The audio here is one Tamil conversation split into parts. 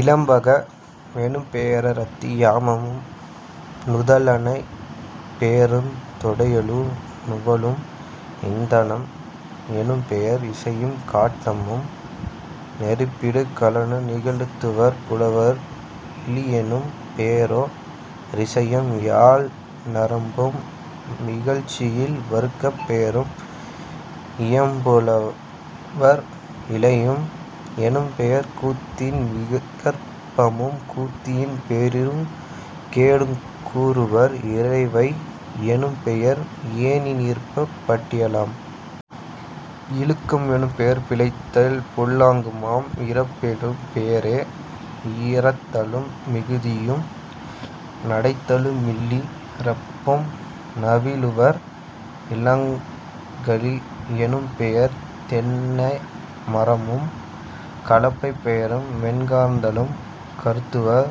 இலம்பக மெனும்பெய ரத்தி யாயமும் நுதலணிப் பெயருந் தொடையலு நுவலும்..... இந்தனம் எனும்பெயர் இசையும் காட்டமும் நெருப்பிடு கலனு நிகழ்த்துவர் புலவர்..... இளியெனும் பெயரோ ரிசையும் யாழ்நரம்பும் இகழ்ச்சியில் வருக்கப் பெயரும் இயம்புவர்..... இலையம் எனும்பெயர் கூத்தின் விகற்பமும் கூத்தின் பெயருங் கேடுங் கூறுவர்..... இறைவை யெனும்பெயர் ஏணிநீர்ப் புட்டிலாம்..... இழுக்கம் எனும்பெயர் பிழைத்தல் பொல்லாங்குமாம்..... இறப்பெனும் பெயரே யிறத்தலும் மிகுதியும் நடத்தலு மில்லி றப்பும் நவிலுவர்..... இலாங்கலி யெனும்பெயர் தென்ன மரமும் கலப்பைப் பெயரும் வெண்காந்தளும் கருதுவர்.....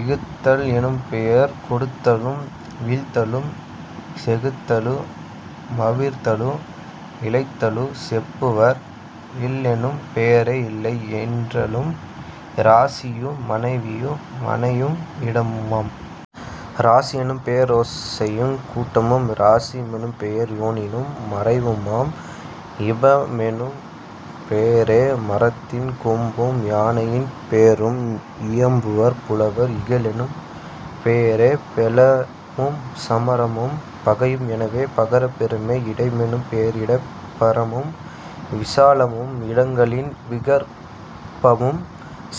இகுத்தல் எனும்பெயர் கொடுத்தலும் வீழ்த்தலும் செகுத்தலு மவிர்தலும் இளைத்தலும் செப்புவர்..... இல்லெனும் பெயரே யில்லை யென்றலும் இராசியு மனைவியு மனையும் இடமுமாம்..... இராசி யெனும்பெய ரோசையுங் கூட்டமும்..... இராசிய மெனும்பெயர் யோனியும் மறைவுமாம்..... இபமெனும் பெயரே மரத்தின் கொம்பும்। யானையின் பெயரும் இயம்புவர் புலவர்..... இகலெனும் பெயரே பெலமும் சமரமும் பகையும் எனவே பகரப் பெறுமே..... இடமெனும் பெயரிடப் புறமும் விசாலமும் இடங்களின் விகற்பமும்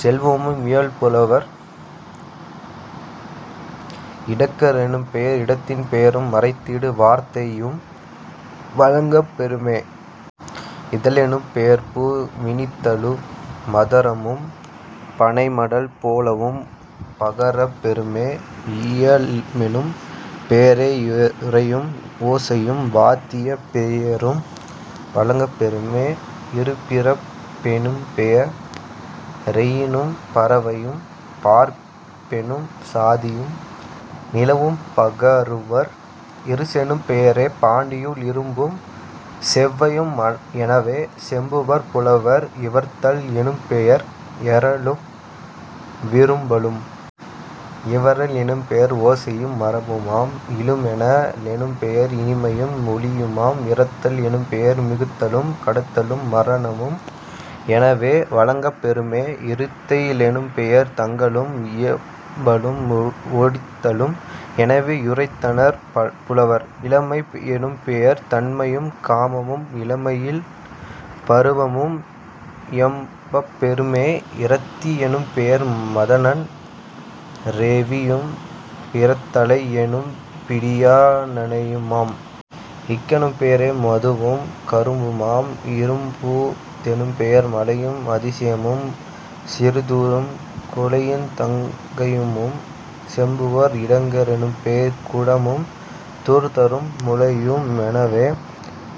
செல்வமும் இயம்புவர்..... இடக்க ரெனும்பெயர் குடத்தின் பெயரும் மறைத்திடு வார்த்தையும் வழங்கப் பெறுமே..... இதழெனும் பெயர்பூ வினிதழு மதரமும் பனைமடல் போலவும் பகரப் பெறுமே..... இயமெனும் பெயரே யுரையும் ஓசையும் வாத்தியப் பெயரும் வழங்கப் பெறுமே..... இருபிறப் பெனும்பெய ரெயிறும் பறவையும் பார்ப்பெனும் சாதியும் நிலவும் பகருவர்..... இருசெனும் பெயரே பண்டியுள் இரும்பும் செவ்வையும் எனவே செப்புவர் புலவர்..... இவர்தல் எனும்பெயர் ஏறலும் விரும்பலும்..... இவறல் எனும்பெயர் ஓசையு மறப்புமாம்..... இழுமென லெனும்பெயர் இனிமையும் ஒலியுமாம்..... இறத்தல் எனும்பெயர் மிகுத்தலும் கடத்தலும் மரணமும் எனவே வழங்கப் பெறுமே..... இறுத்த லெனும்பெயர் தங்கலும் இயம்பலும் ஒடித்தலும் எனவே யுரைத்தனர் புலவர்..... இளமை யெனும்பெயர் தண்மையும் காமமும் இளமையின் பருவமு மியம்பப் பெறுமே..... இரதி யெனும்பெயர் மதனன் றேவியும் பித்தளைப் பெயரும் பிடியா னையுமாம்..... இக்கெனும் பெயரே மதுவும் கரும்புமாம்..... இறும்பூ தெனும்பெயர் மலையும் அதிசயமும் சிறுதூறும் குழையுந் தகைமையும் செப்புவர்..... இடங்க ரெனும்பெயர் குடமும் தூர்த்தரும் முதலையு மெனவே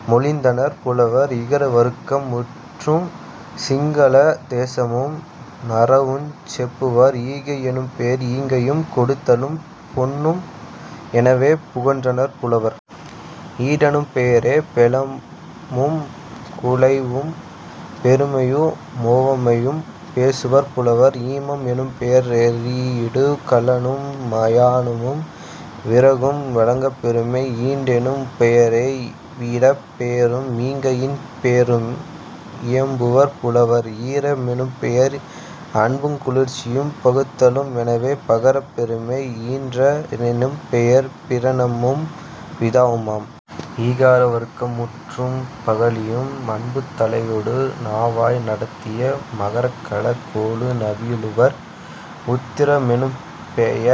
மொழிந்தனர் புலவர்..... இகர வருக்கம் முற்றும். சிங்கள தேசமு நறவுஞ் செப்புவர்..... ஈகை யெனும்பெயர் ஈங்கையும் கொடுத்தலும் பொன்னும் எனவே புகன்றனர் புலவர்..... ஈடெனும் பெயரே பெலமும் குழைவும் பெருமையு முவமையும் பேசுவர் புலவர்..... ஈமம் எனும்பெய ரெரியிடு கலனும் மயானமும் விறகும் வழங்கப் பெறுமே..... ஈண்டெனும் பெயரே யிவ்விடப் பெயரும் ஈங்கையின் பெயரும் இயம்புவர் புலவர்..... ஈர மெனும்பெயர் அன்புங் குளிர்ச்சியும் பகுத்தலும் எனவே பகரப் பெறுமே..... ஈன்றா னெனும்பெயர் பிரமனும் பிதாவுமாம்..... ஈகார வருக்கம் முற்றும். பகழியும் அம்புத் தலையொடு நாவாய் நடத்திய மரக்கலக் கோலு நவிலுவர்..... உத்திர மெனும்பெய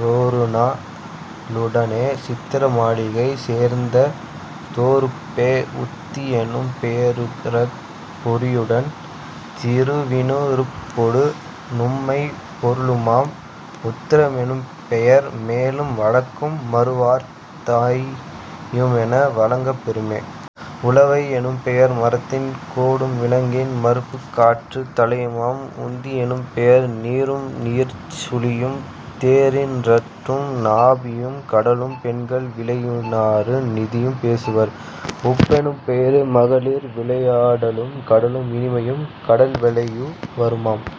ரொருநா ளுடனே சித்திர மாளிகை சேர்ந்த தோருறுப்பே..... உத்தி யெனும் பெய ருரகப் பொறியுடன் திருவினு றுப்பொடு நுண்மைப் பொருளுமாம்..... உத்திர மெனும்பெயர் மேலும் வடக்கும் மறுவார்த் தையுமென வழங்கப்பெறுமே..... உலவை யெனும்பெயர் மரத்தின் கோடும் விலங்கின் மருப்புங் காற்றுந் தழையுமாம்..... உந்தி யெனும்பெயர் நீரும்நீர்ச் சுழியும் தேரின் றட்டும் நாபியும் கடலும் பெண்கள் விளையாடலு நதியும் பேசுவர்..... உப்பெனும் பெயரே மகளிர் விளையாடலும் கடலும் இனிமையும் கடல்விளையு வருமாம்...